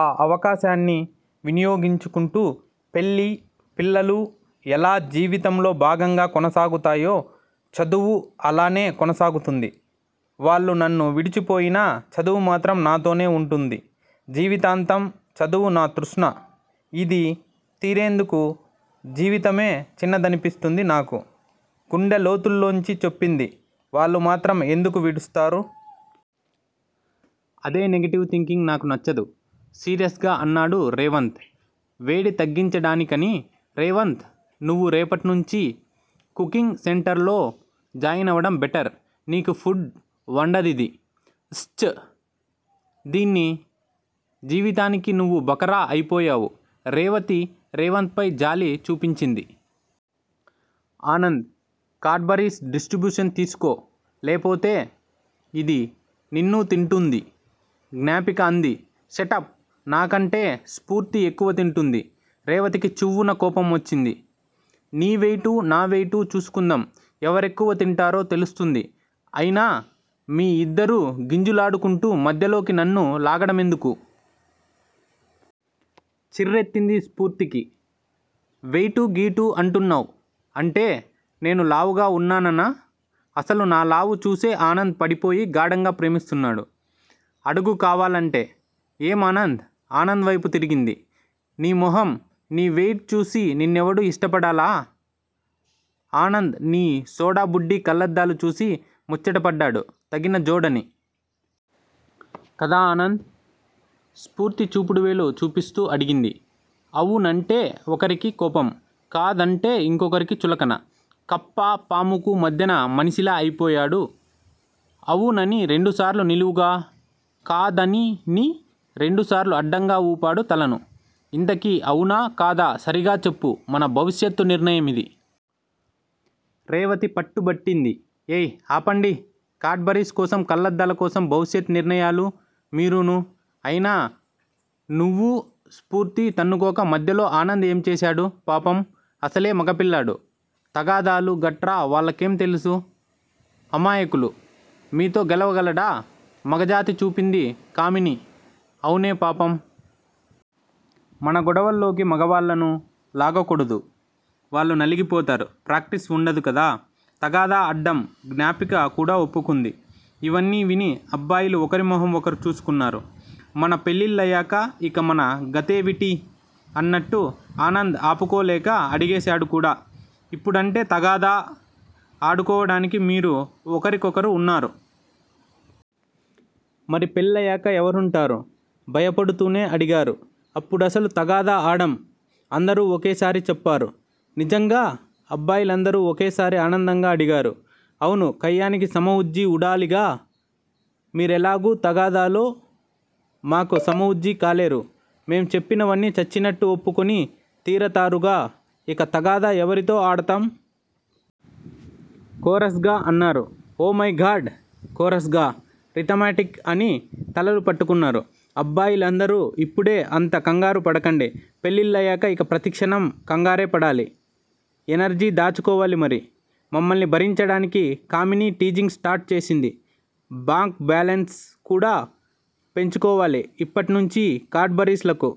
ఆ అవకాశాన్ని వినియోగించుకుంటూ పెళ్ళి, పిల్లలూ ఎలా జీవితంలో భాగంగా కొనసాగుతాయో చదువూ అలానే కొనసాగుతుంది. వాళ్ళు నన్ను విడిచిపోయినా చదువు మాత్రం నాతోనే ఉంటుంది జీవితాంతం! చదువు నా తృష్ణ! ఇది తీరేందుకు జీవితమే చిన్నదనిపిస్తుంది నాకు! గుండెలోతుల్లోంచి చెప్పింది. వాళ్ళు మాత్రం ఎందుకు విడుస్తారు? అదే నెగటివ్ థింకింగ్ నాకు నచ్చదు! సీరియస్ గా అన్నాడు రేవంత్ వేడి తగ్గించడానికని. రేవంత్ నువ్వు రేపట్నుంచీ కుకింగ్ సెంటర్ లో జాయినవడం బెటర్! నీకు పుడ్ వండదిది! ష్చ్! దీన్ని జీవితానికి నువ్వు బకరా అయిపోయావు! రేవతి రేవంత్ పై జాలి చూపించింది. ఆనంద్ కాడ్ బరీస్ డిస్ట్రిబ్యూషన్ తీసుకో! లేపోతే ఇది నిన్నూ తింటూంది! జ్ఞాపిక అంది. షటప్! నాకంటే స్ఫూర్తి ఎక్కువ తింటుంది! రేవతికి చివ్వున కోపమొచ్చింది. నీ వెయిటూ, నా వెయిటూ చూసుకుందాం. ఎవరెక్కువ తింటారో తెలుస్తుంది! అయినా మీ ఇద్దరూ గింజులాడుకుంటూ మధ్యలోకి నన్ను లాగడమెందుకు? చిర్రెత్తింది స్ఫూర్తికి. వెయిటూ, గియిటూ అంటున్నావ్? అంటే నేను లావుగా ఉన్నాననా? అసలు నా లావు చూసే ఆనంద్ పడిపోయి గాఢంగా ప్రేమిస్తున్నాడు! అడుగు కావాలంటే! ఏం ఆనంద్? ఆనంద్ వైపు తిరిగింది. నీ మొహంఁ నీ వెయిట్ చూసి నిన్నెవడూ ఇష్టపడలా! ఆనంద్ నీ సోడాబుడ్డీ కళ్ళద్దాలు చూసి ముచ్చటపడ్డాడు తగిన జోడని! కదా ఆనంద్?! స్ఫూర్తి చూపుడువేలు చూపిస్తూ అడిగింది. 'అవు' నంటే ఒకరికి కోపం- 'కాదం'టే ఇంకోకరికి చులకన! కప్ప, పాముకు మధ్యన మనిషిలా అయిపోయాడు. 'అవు'నని రెండుసార్లు నిలువుగా. 'కాదని' ని రెండుసార్లు అడ్డంగా ఊపాడు తలను. ఇంతకీ అవునా, కాదా సరిగా చెప్పు! మన భవిష్యత్తు నిర్ణయమిది! రేవతి పట్టుబట్టింది. ఏయ్ఁ ఆపండి! కాడ్ బరీస్ కోసం, కళ్ళద్దాల కోసం భవిష్యత్ నిర్ణయాలూ, మీరూనూ! అయినా- నువ్వూ, స్ఫూర్తీ తన్నుకోక మధ్యలో ఆనంద్ ఏంచేశాడు? పాపం అసలే మగపిల్లాడు- తగాదాలూ, గట్రా వాళ్ళకేం తెలుసు అమాయకులు?! మీతో గెలవగలడా! మగజాతి చూపింది కామిని. అవునే పాపం! మన గొడవల్లోకి మగవాళ్ళను లాగకూడదు. వాళ్ళు నలిగిపోతారు. ప్రాక్టీస్ ఉండదు కదా తగాదా అడ్డం! జ్ఞాపిక కూడా ఒప్పుకుంది. ఇవన్నీ విని అబ్బాయిలు ఒకరి మొహం ఒకరు చూసుకున్నారు 'మన పెళ్ళిళ్లయ్యాక ఇక మన గతేవిటీ?! ' అన్నట్టు. ఆనంద్ ఆపుకోలేక అడిగేశాడు కూడా- ఇప్పుడంటే తగాదా ఆడుకోవడానికి మీకు ఒకరికొకరు ఉన్నారు. మరి, పెళ్ళయ్యాక ఎవరుంటారు? భయపడుతూనే అడిగారు. అప్పుడసలు తగాదా ఆడం! అందరూ ఒకేసారి చెప్పారు. నిజంగా?! అబ్బాయిలందరూ ఒకేసారి అనందంగా అడిగారు. అవును కయ్యానికి సమవుజ్జీ ఉడాలిగా! మీరెలాగూ తగాదాలో మాకు సమవుజ్జీ కాలేరు. మేం చెప్పినవన్నీ చచ్చినట్టు ఒప్పుకుని తీరతారుగా! ఇక, తగాదా ఎవరితో ఆడతాం?! కోరస్ గా అన్నారు. Oh my God! కోరస్ గా, రిథమటిక్ అని తలలు పట్టుకున్నారు అబ్బాయిలందరూ! ఇప్పుడే అంత కంగారుపడకండి! పెళ్ళిళ్లయ్యాక ఇక ప్రతిక్షణం కంగారేపడాలి. ఎనర్జీ దాచుకోవాలి మరి మమ్మల్ని భరించడానికి! కామిని టీజింగ్ స్టార్ట్ చేసింది. బాంక్ బ్యాలెన్స్ కూడా పెంచుకోవాలి ఇప్పట్నుంచీ కాడ్ బరీస్ లకు!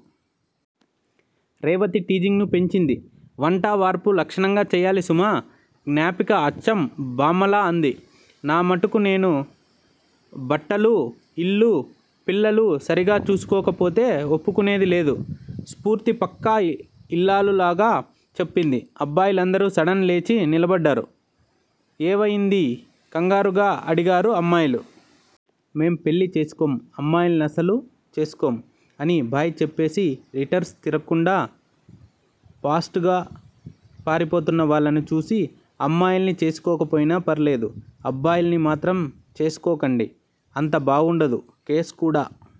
రేవతి టిజింగ్ ను పెంచింది. వంటా, వార్పూ లక్షణంగా చెయ్యాలి సుమా! జ్ఞాపిక అచ్చం బామ్మలా అంది. నా మటుకు నేను బట్టలూ, ఇల్లూ, పిల్లలూ సరిగా చూసుకోకపోతే ఒప్పుకునేది లేదు! స్ఫూర్తి పక్కా ఇల్లాలులాగా చెప్పింది. అబ్బాయిలందరూ సడన్ లేచి నిలబడ్డారు! ఎవయిందీ కంగారుగా అడిగారు అమ్మాయిలు. మేం పెళ్ళిచేసుకోం! అమ్మాయిల్నసలు చేసుకోం!! అని, బై చెప్పేసి రిటర్స్ తిరక్కుండా ఫాస్ట్ గా పారిపోతున్న వాళ్ళను చూసి, అమ్మాయిల్ని చేసుకోకపోయినా పర్లేదు! అబ్బాయిల్ని మాత్రం చేసుకోకండి! అంత బావుండదు. కేస్ కూడా